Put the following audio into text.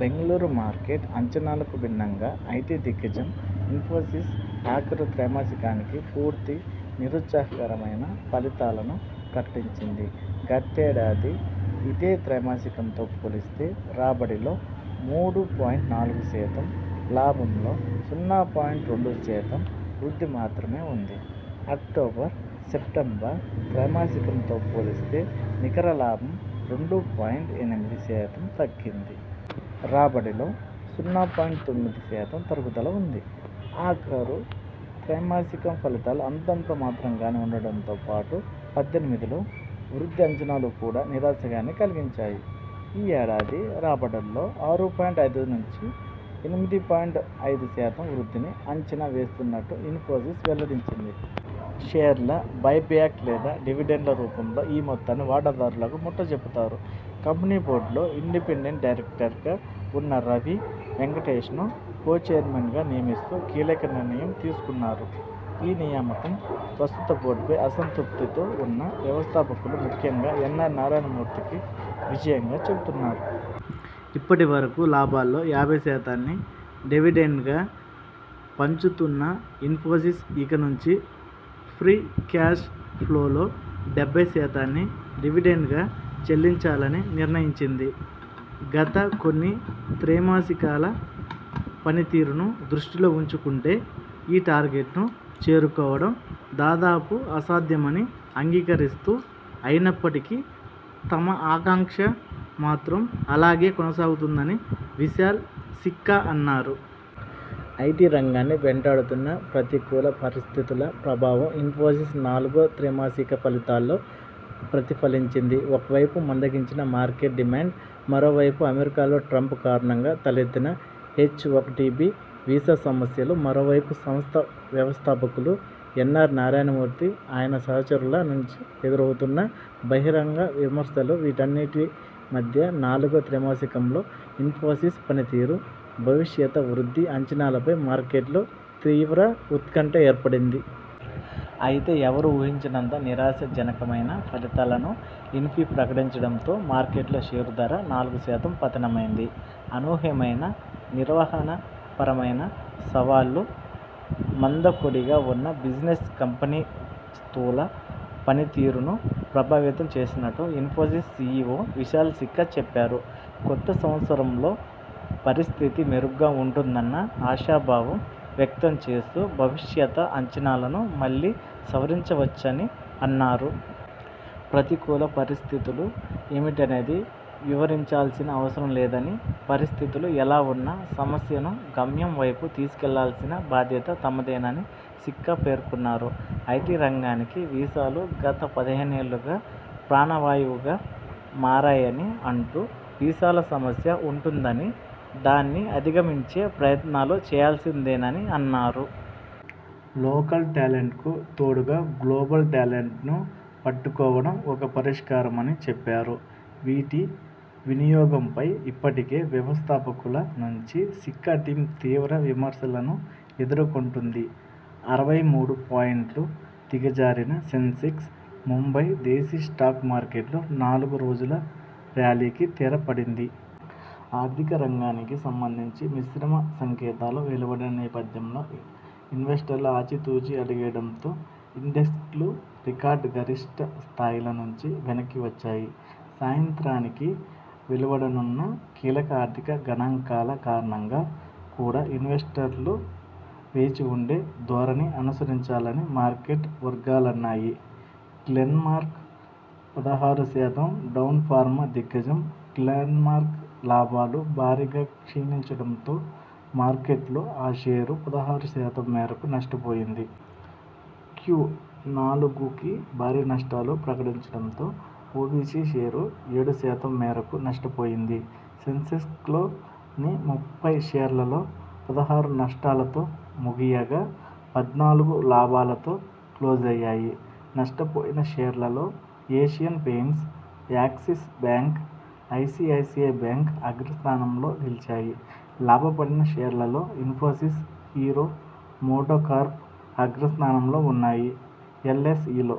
Bengaluru market అంచనాలకు భిన్నంగా IT దిగ్గజం ఇన్ఫోసిస్ ఆఖరు త్రైమాసికానికి పూర్తి నిరుత్సాహకరమైన ఫలితాలను ప్రకటించింది. గతేడాది ఇదే త్రైమాసికంతో పోలిస్తే రాబడిలో మూడు పాయింట్ నాలుగు శాతం, లాభంలో సున్నా పాయింట్ రెండు శాతం వృద్ధి మాత్రమే ఉంది. అక్టోబర్, సెప్టెంబర్ త్రైమాసికంతో పోలిస్తే నికర లాభం రెండు పాయింట్ ఎనిమిది శాతం తగ్గింది. రాబడిలో సున్నా పాయింట్ తొమ్మిది శాతం తరుగుదల ఉంది. ఆఖరు త్రైమాసికం ఫలితాలు అంతంత మాత్రంగానే ఉండటంతో పాటు పద్దెనిమిదిలో వృద్ధి అంచనాలు కూడా నిరాశనే కలిగించాయి. ఈ ఏడాది రాబడుల్లో ఆరు పాయింట్ ఐదు నుంచి ఎనిమిది పాయింట్ ఐదు శాతం వృద్ధిని అంచనా వేస్తున్నట్టు ఇన్ఫోసిస్ వెల్లడించింది. షేర్ల బైబ్యాక్ లేదా డివిడెండ్ల రూపంలో ఈ మొత్తాన్ని వాటాదారులకు ముట్ట జెప్పుతారు. కంపెనీ బోర్డు లో ఇండిపెండెంట్ డైరెక్టర్గా ఉన్న రవి వెంకటేషన్ను కో చైర్మన్గా నియమిస్తూ కీలక నిర్ణయం తీసుకున్నారు. ఈ నియామకం ప్రస్తుత బోర్డుపై అసంతృప్తితో ఉన్న వ్యవస్థాపకులు ముఖ్యంగా ఎన్ఆర్ నారాయణ మూర్తికి విజయంగా చెబుతున్నారు. ఇప్పటి వరకు లాభాల్లో యాభై శాతాన్ని డివిడెండ్గా పంచుతున్న ఇన్ఫోసిస్ ఇక నుంచి ఫ్రీ క్యాష్ ఫ్లోలో డెబ్బై శాతాన్ని డివిడెండ్గా చెల్లించాలని నిర్ణయించింది. గత కొన్ని త్రైమాసికాల పనితీరును దృష్టిలో ఉంచుకుంటే ఈ టార్గెట్ను చేరుకోవడం, దాదాపు అసాధ్యమని అంగీకరిస్తూ అయినప్పటికీ తమ ఆకాంక్ష మాత్రం అలాగే కొనసాగుతుందని విశాల్ సిక్కా అన్నారు. ఐటి రంగాన్ని వెంటడుతున్న ప్రతికూల పరిస్థితుల ప్రభావం ఇన్ఫోసిస్ నాలుగో త్రైమాసిక ఫలితాల్లో ప్రతి ఫలించింది. ఒకవైపు మందగించిన మార్కెట్ డిమాండ్, మరోవైపు అమెరికాలో ట్రంప్ కారణంగా తలెత్తిన హెచ్ఒకటిబి వీసా సమస్యలు మరోవైపు సంస్థ వ్యవస్థాపకులు ఎన్ఆర్ నారాయణమూర్తి ఆయన సహచరుల నుంచి ఎదురవుతున్న బహిరంగ విమర్శలు వీటన్నింటి మధ్య నాలుగో త్రైమాసికంలో ఇన్ఫోసిస్ పనితీరు, భవిష్యత వృద్ధి అంచనాలపై మార్కెట్లో తీవ్ర ఉత్కంఠ ఏర్పడింది. అయితే ఎవరూ ఊహించనంత నిరాశ జనకమైన ఫలితాలను ఇన్ఫీ ప్రకటించడంతో మార్కెట్లో షేరు ధర నాలుగు శాతం పతనమైంది. అనూహ్యమైన నిర్వహణపరమైన సవాళ్లు, మందకొడిగా ఉన్న బిజినెస్ కంపెనీ స్థూల పని తీరును ప్రభావితం చేసినట్టు ఇన్ఫోసిస్ సిఇఒ విశాల్ సిక్కా చెప్పారు. కొత్త సంవత్సరంలో పరిస్థితి మెరుగ్గా ఉంటుందన్న ఆశాభావం వ్యక్తం చేస్తూ భవిష్యత అంచనాలను మళ్లీ సవరించవచ్చని అన్నారు. ప్రతికూల పరిస్థితులు ఏమిటనేది వివరించాల్సిన అవసరం లేదనీ, పరిస్థితులు ఎలా ఉన్నా సంస్థను గమ్యం వైపు తీసుకెళ్లాల్సిన బాధ్యత తమదేనని సిక్కా పేర్కొన్నారు. ఐటి రంగానికి వీసాలు గత పదిహేనేళ్లుగా ప్రాణవాయువుగా మారాయని అంటూ, వీసాల సమస్య ఉంటుందనీ, దాన్ని అధిగమించే ప్రయత్నాలు చేయాల్సిందేనని అన్నారు. లోకల్ టాలెంట్కు తోడుగా గ్లోబల్ టాలెంట్ను పట్టుకోవడం ఒక పరిష్కారమని చెప్పారు. వీటి వినియోగంపై ఇప్పటికే వ్యవస్థాపకుల నుంచి సిక్కా టీమ్ తీవ్ర విమర్శలను ఎదుర్కొంటుంది. అరవై మూడు పాయింట్లు దిగజారిన సెన్సెక్స్ ముంబై దేశీ స్టాక్ మార్కెట్లో నాలుగు రోజుల ర్యాలీకి తెర పడింది. ఆర్థిక రంగానికి సంబంధించి మిశ్రమ సంకేతాలు వెలువడిన నేపథ్యంలో ఇన్వెస్టర్లు ఆచితూచి అడుగేయడంతో ఇండెక్స్లు రికార్డు గరిష్ఠ స్థాయిల నుంచి వెనక్కి వచ్చాయి. సాయంత్రానికి వెలువడనున్న కీలక ఆర్థిక గణాంకాల కారణంగా కూడా ఇన్వెస్టర్లు వేచి ఉండే ధోరణి అనుసరించారని మార్కెట్ వర్గాలన్నాయి. గ్లెన్మార్క్ పదహారు శాతం డౌన్ ఫార్మా దిగ్గజం గ్లెన్మార్క్ లాభాలు భారీగా క్షీణించడంతో మార్కెట్లో ఆ షేరు పదహారు శాతం మేరకు నష్టపోయింది. క్యూ నాలుగుకి భారీ నస్టాలు ప్రకటించడంతో ఒబిసి షేరు ఏడు శాతం మేరకు నష్టపోయింది. సెన్సెక్స్లోని ముప్పై షేర్లలో పదహారు నష్టాలతో ముగియగా పద్నాలుగు లాభాలతో క్లోజయ్యాయి. నష్టపోయిన షేర్లలో Asian Paints, Axis Bank, ICICI Bank అగ్రస్థానంలో నిలిచాయి. లాభపడిన షేర్లలో ఇన్ఫోసిస్ హీరో మోటో కార్ప్ అగ్రస్థానంలో ఉన్నాయి. ఎల్ఎస్ఇలో